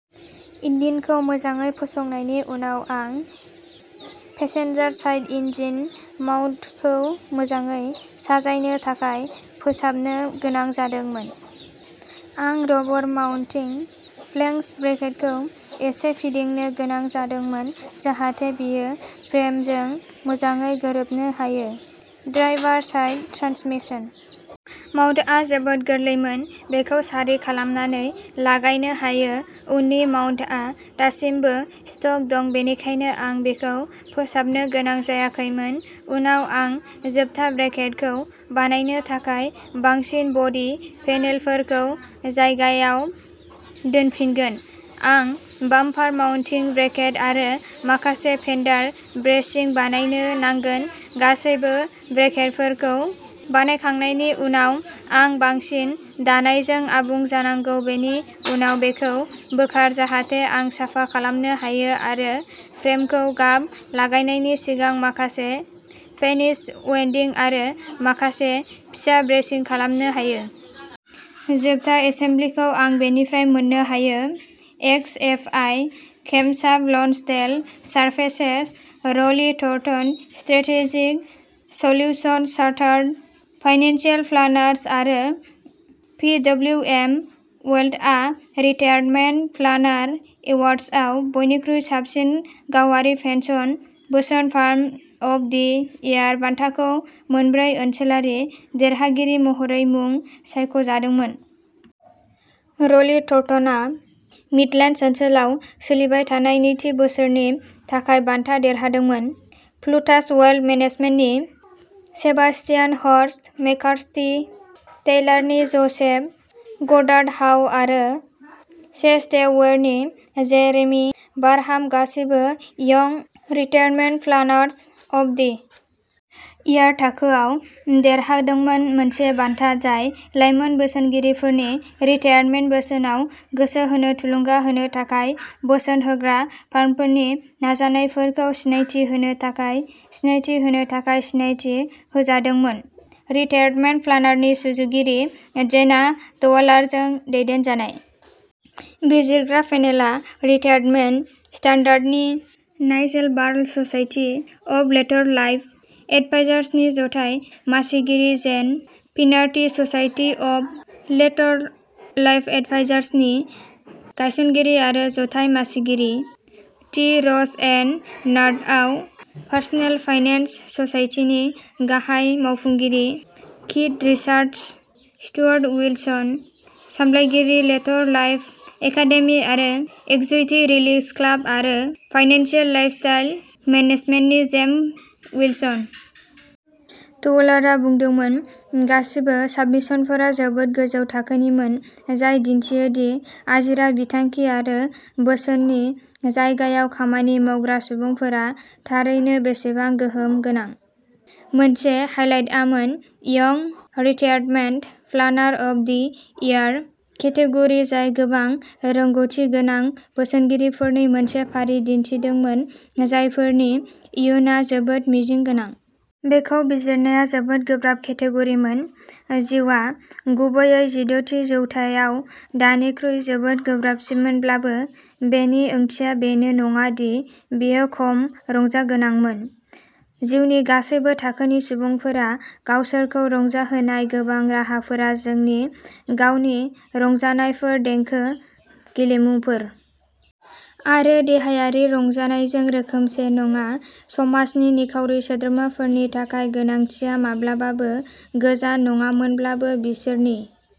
इन्जिनखौ मोजाङै फसंनायनि उनाव आं पेसेन्जार साइड इन्जिन माउन्टखौ मोजाङै साजायनो थाखाय फोसाबनो गोनां जादोंमोन। आं रबर माउन्टिं फ्लेंज ब्रेकेटखौ एसे फिदिंनो गोनां जादोंमोन जाहाथे बेयो फ्रेमजों मोजाङै गोरोबनो हायो। ड्राइभार साइड ट्रान्समिसन माउन्टआ जोबोद गोरलैमोन बेखौ सारि खालामनानै लागायनो हायो उननि माउन्टआ दासिमबो स्टक दं बेनिखायनो आं बेखौ फोसाबनो गोनां जायाखैमोन। उनाव आं जोबथा ब्रेकेटखौ बानायनो थाखाय बांसिन बडी पेनोलफोरखौ जायगायाव दोनफिनगोन। आं बाम्पार माउन्टिं ब्रेकेट आरो माखासे फेन्डार ब्रेसिं बानायनो नांगोन गासैबो ब्रेकेटफोरखौ बानायखांनायनि उनाव आं बांसिन दानायजों आबुं जानांगौ बेनि उनाव बेखौ बोखार जाहाथे आं साफा खालामनो हायो आरो फ्रेमखौ गाब लागायनायनि सिगां माखासे फिनिश वेल्डिं आरो माखासे फिसा ब्रेसिं खालामनो हायो। जोबथा असेम्बलिखौ आं बबेनिफ्राय मोन्नो हायो X F I Camshaft Lonsdale services Rowley Turton strategic solutions chartered financial planners आरो भि डब्लिउ एम वेल्थआ रिटायारमेन्ट प्लानार एवार्ड्सआव बयनिख्रुइ साबसिन गावारि पेन्सन बोसोन फार्म अफ दि इयार बान्थानि मोनब्रै ओनसोलारि देरहागिरि महरै मुं सायख'जादोंमोन। र'ली टर्टनआ मिडलेन्डस ओनसोलाव सोलिबाय थानाय नैथि बोसोरनि थाखाय बान्था देरहादोंमोन प्लुटास वेल्थ मेनेजमेन्टनि सेबास्तियान हर्स्ट मेककार्थी टेलारनि ज'सेफ ग'डार्ड हाउ आरो चेज डे वेरनि जेरेमी बारहाम गासैबो young retirement planners of the year थाखोआव देरहादोंमोन मोनसे बान्था जाय लाइमोन बोसोनगिरिफोरखौ रिटायारमेन्ट बोसोनआव गोसो होनो थुलुंगा होनो थाखाय बोसोन होग्रा फार्मफोरनि नाजानायफोरखौ सिनायथि होनो थाखाय सिनायथि होनो थाखाय सिनायथि होजादोंमोन। रिटायारमेन्ट प्लानारनि सुजुगिरि जेना ट'वालारजों दैदेनजानाय बिजिरग्रा पेनेलआ रिटायारमेन्ट स्टान्डार्डनि Nigel Barrell society of Later Life एडभाइजार्सनि जथाय मासिगिरि Jane Finerty society of Later Life एडभाइजार्सनि गायसनगिरि आरो जथाय मासिगिरि टि र'ज एन्ड नर्थआव पार्सनेल फाइनेन्स ससाइटिनि गाहाय मावफुंगिरि कीथ रिचार्ड्स स्टुअर्ट विल्सन सामलायगिरि लेटर लाइफ एकादेमि आरो इक्युइटि रिलिज क्लाब आरो फाइनेन्सियेल लाइफस्टाइल मेनेजमेन्टनि जेम्स विल्सन। ट'वालारआ बुंदोंमोन गासिबो साबमिशनफोरा जोबोद गोजौ थाखोनिमोन जाय दिन्थियो दि आजिरा बिथांखि आरो बोसोननि जायगायाव खामानि मावग्रा सुबुंफोरा थारैनो बेसेबां गोहोम गोनां। मोनसे हाइलाइटआमोन young retirement planner of the year category जाय गोबां रोंग'थिगोनां बोसोनगिरिफोरनि मोनसे फारि दिन्थिदोंमोन जायफोरनि इयुनआ जोबोद मिजिं गोनां। बेखौ बिजिरनाया जोबोद गोब्राब केटेग'रिमोन। जिउआ गुबैयै जिद'थि जौथायाव दानिख्रुइ जोबोद गोब्राबमोनब्लाबो बेनि ओंथिया बेनो नङा दि बेयो खम रंजागोनांमोन। जिउनि गासैबो थाखोनि सुबुंफोरा गावसोरखौ रंजाहोनाय गोबां राहाफोरा जोंनि गावनि रंजानायफोर देंखो गेलेमुफोर आरो देहायारि रंजानायजों रोखोमसे नङा समाजनि निखावरि सोद्रोमाफोरनि थाखाय गोनांथिआ माब्लाबाबो गोजान नङामोनब्लाबो बिसोरनि